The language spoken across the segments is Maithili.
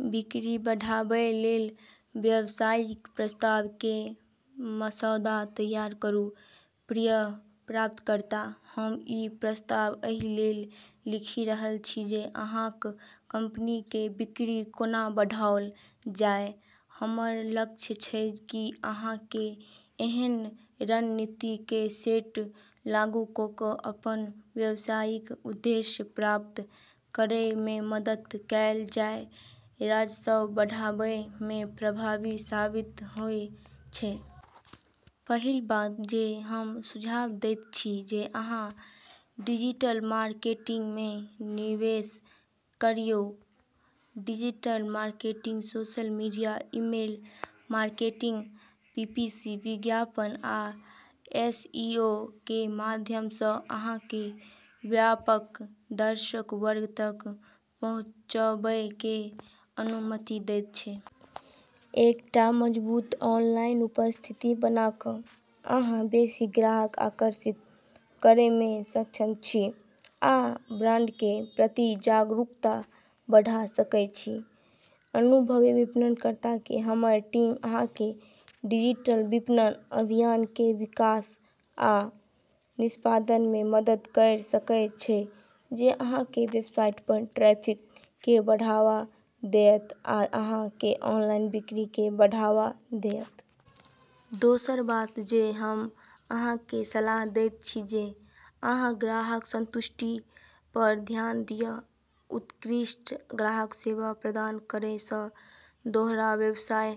बिक्री बढ़ाबय लेल व्यावसायिक प्रस्ताव के मसौदा तैयार करू:- प्रिय [प्राप्तकर्ता], हम ई प्रस्ताव एहि लेल लिखि रहल छी जे अहाँक कंपनी के बिक्री कोना बढ़ाओल जाय। हमर लक्ष्य छै कि अहाँ केँ एहन रणनीति के सेट लागू कऽ कऽ अपन व्यावसायिक उद्देश्य प्राप्त करय में मदद कएल जाय जे राजस्व बढ़ाबय में प्रभावी साबित होय छै। पहिल बात जे हम सुझाव दैत छी जे अहाँ डिजिटल मार्केटिंग में निवेश करिऔ। Digital marketing social media, email marketing, PPC विज्ञापन, आ एसईओ के माध्यम सँ अहाँ केँ व्यापक दर्शक वर्ग तक पहुँचबय के अनुमति दैत छै। एकटा मजबूत ऑनलाइन उपस्थिति बना कऽ अहाँ बेसि ग्राहक आकर्षित करय में सक्षम छी आ ब्रांड के प्रति जागरूकता बढ़ा सकय छी। अनुभवी विपणनकर्ता के हमर टीम अहाँ केँ डिजिटल विपणन अभियान के विकास आ निष्पादन में मदद कयर सकय छै जे अहाँ के वेबसाइट पर ट्रैफिक के बढ़ावा देयत आ अहाँ के ऑनलाइन बिक्री के बढ़ावा देयत। दोसर बात जे हम अहाँ के सलाह दैत छी जे अहाँ ग्राहक संतुष्टि पर ध्यान दिअ। उत्कृष्ट ग्राहक सेवा प्रदान करय सँ दोहरा व्यवसाय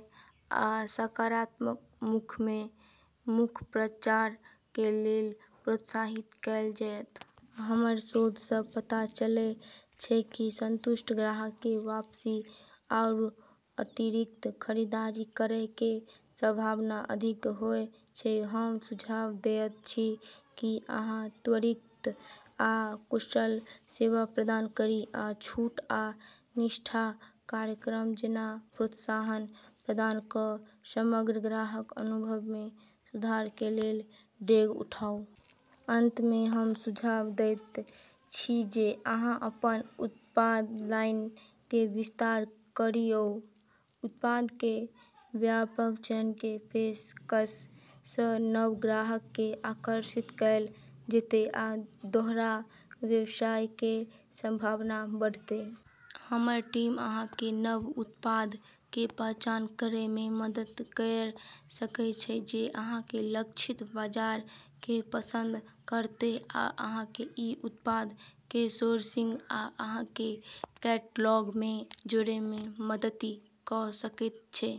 आ सकारात्मक मुख-से-मुख प्रचार के लेल प्रोत्साहित कएल जेतय। हमर शोध सँ पता चलै छै कि संतुष्ट ग्राहक के वापसी आरू अतिरिक्त खरीदारी करै के संभावना अधिक होय छै। हम सुझाव देयत छी की अहाँ त्वरित आ कुशल सेवा प्रदान करी, आ छूट आ निष्ठा कार्यक्रम जैना प्रोत्साहन प्रदान कऽ समग्र ग्राहक अनुभव में सुधार के लेल डेग उठाउ। अंत में हम सुझाव दैत छी जे अहाँ अपन उत्पाद लाइन के विस्तार करिऔ। उत्पाद के व्यापक चयन के पेशकश सँ नव ग्राहक केँ आकर्षित कएल जेतय आ दोहरा व्यवसाय के संभावना बढ़तय। हमर टीम अहाँ केँ नव उत्पाद के पहचान करय में मदद कयर सकय छै जे अहाँ के लक्षित बाजार के पसंद करतय आ अहाँ केँ ई उत्पाद के सोर्सिंग आ अहाँ के कैटलॉग मे जोड़य मे मदति क' सकैत छै।